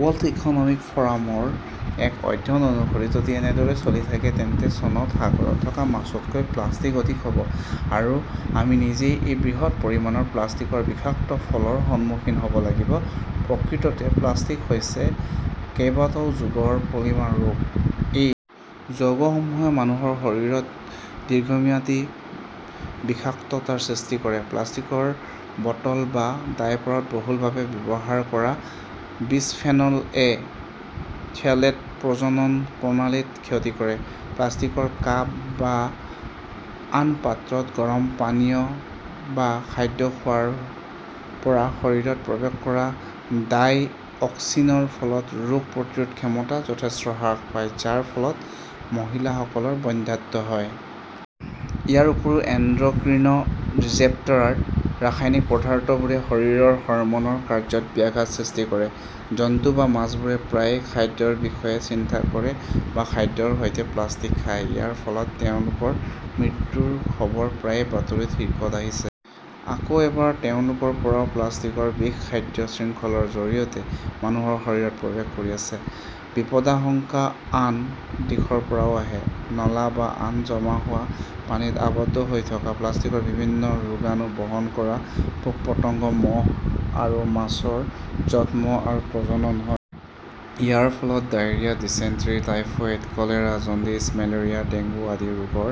World economic ফ'ৰামৰ এক অধ্যয়ন অনুসৰি, যদি এনেদৰে চলি থাকে তেন্তে চনত সাগৰত থকা মাছতকৈ প্লাষ্টিক অধিক হ'ব। আৰু আমি নিজেই এই বৃহৎ পৰিমাণৰ প্লাষ্টিকৰ বিষাক্ত ফলৰ সন্মুখীন হ'ব লাগিব। প্ৰকৃততে প্লাষ্টিক হৈছে কেইবাটাও যৌগৰ পলিমাৰ ৰূপ। এই যৌগসমূহে মানুহৰ শৰীৰত দীৰ্ঘম্যাদী বিষাক্ততাৰ সৃষ্টি কৰে। প্লাষ্টিকৰ বটল বা ডায়েপাৰত বহুলভাৱে ব্যৱহাৰ কৰা বিসফেনল এ, থ্যালেটে প্ৰজনন প্ৰণালীত ক্ষতি কৰে। প্লাষ্টিকৰ কাপ বা আন পাত্ৰত গৰম পানীয় বা খাদ্য খোৱাৰ পৰা শৰীৰত প্ৰৱেশ কৰা ডাইঅক্সিনৰ ফলত ৰোগ প্ৰতিৰোধ ক্ষমতা যথেষ্ট হ্ৰাস পায়, যাৰ ফলত মহিলাসকলৰ বন্ধ্যাত্ব হয়। ইয়াৰ উপৰিও এণ্ডক্ৰিন ডিজ্ৰেপটাৰ ৰাসায়নিক পদাৰ্থবোৰে শৰীৰৰ হৰমনৰ কাৰ্যত ব্যাঘাতৰ সৃষ্টি কৰে। জন্তু বা মাছবোৰে প্ৰায়ে খাদ্যৰ বিষয়ে চিন্তা কৰে বা খাদ্যৰ সৈতে প্লাষ্টিক খায়। ইয়াৰ ফলত তেওঁলোকৰ মৃত্যুৰ খবৰ প্ৰায়ে বাতৰিৰ শীৰ্ষত আহিছে। আকৌ এবাৰ তেওঁলোকৰ পৰাও প্লাষ্টিকৰ বিষ খাদ্য শৃংখলৰ জৰিয়তে মানুহৰ শৰীৰত প্ৰৱেশ কৰি আছে। বিপদাশংকা আন দিশৰ পৰাও আহে। নলা বা আন জমা হোৱা পানীত আবদ্ধ হৈ থকা প্লাষ্টিকত বিভিন্ন ৰোগাণু বহন কৰা পোক-পতংগ, মহ আৰু মাছৰ জন্ম আৰু প্ৰজনন হয়। ইয়াৰ ফলত diarrhoea, dysentery, typhoid, cholera, jaundice, malaria, dengue আদি ৰোগৰ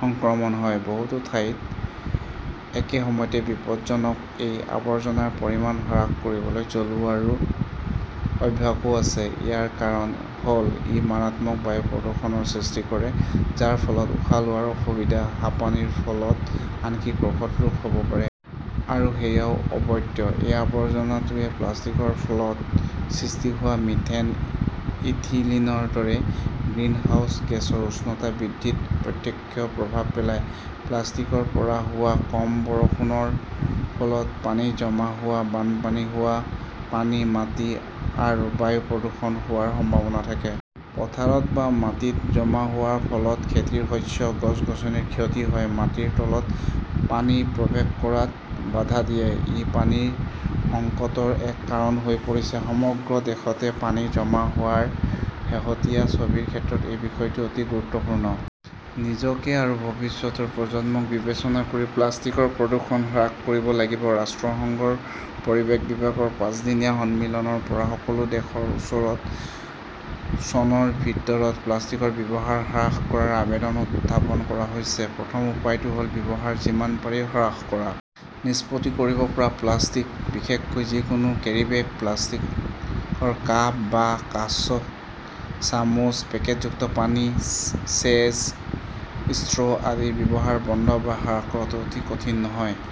সংক্ৰমণ হয়। বহুতো ঠাইত একে সময়তে বিপদজনক এই আৱৰ্জনাৰ পৰিমাণ হ্ৰাস কৰিবলৈ জ্বলোৱাৰ অভ্যাসও আছে। ইয়াৰ কাৰণ হল ই মাৰাত্মক বায়ু প্ৰদূষণৰ সৃষ্টি কৰে যাৰ ফলত উশাহ লোৱাৰ অসুবিধা, হাঁপানিৰ ফলত আনকি কৰ্কট ৰোগ হ'ব পাৰে। আৰু সেয়াও অবৈধ। এই আৱৰ্জনাটোৱে প্লাষ্টিকৰ ফলত সৃষ্টি হোৱা মিথেন, ইথিলিনৰ দৰে 'গ্ৰিনহাউজ গেছৰ উষ্ণতা বৃদ্ধিত প্ৰত্যক্ষ প্ৰভাৱ পেলায়। প্লাষ্টিকৰ পৰা হোৱা কম বৰষুণৰ ফলত পানী জমা হোৱা, বানপানী হোৱা, পানী, মাটি আৰু বায়ু প্ৰদূষণ হোৱাৰ সম্ভাৱনা থাকে। পথাৰত বা মাটিত জমা হোৱাৰ ফলত খেতিৰ শস্য, গছ-গছনিৰ ক্ষতি হয়, মাটিৰ তলত পানী প্ৰৱেশ কৰাত বাধা দিয়ে। ই পানীৰ সংকটৰ এক কাৰণ হৈ পৰিছে। সমগ্ৰ দেশতে পানী জমা হোৱাৰ শেহতীয়া ছবিৰ ক্ষেত্ৰত এই বিষয়টো অতি গুৰুত্বপূৰ্ণ। নিজকে আৰু ভৱিষ্যতৰ প্ৰজন্মক বিবেচনা কৰি প্লাষ্টিকৰ প্ৰদূষণ হ্ৰাস কৰিব লাগিব। ৰাষ্ট্ৰসংঘৰ পৰিৱেশ বিভাগৰ পাঁচদিনীয়া সন্মিলনৰ পৰা সকলো দেশৰ ওচৰত চনৰ ভিতৰত প্লাষ্টিকৰ ব্যৱহাৰ হ্ৰাস কৰাৰ আবেদন উত্থাপন কৰা হৈছে। প্ৰথম উপায়টো হ'ল ব্যৱহাৰ যিমান পাৰি হ্ৰাস কৰা। 'নিষ্পত্তি কৰিব পৰা প্লাষ্টিক বিশেষকৈ যিকোনো কেৰীবেগ, প্লাষ্টিকৰ কাপ বা কাঁচ, চামুচ, পেকেটযুক্ত পানী, চেচ, ষ্ট্ৰ আদিৰ ব্যৱহাৰ বন্ধ বা হ্ৰাস কৰাটো অতি কঠিন নহয়।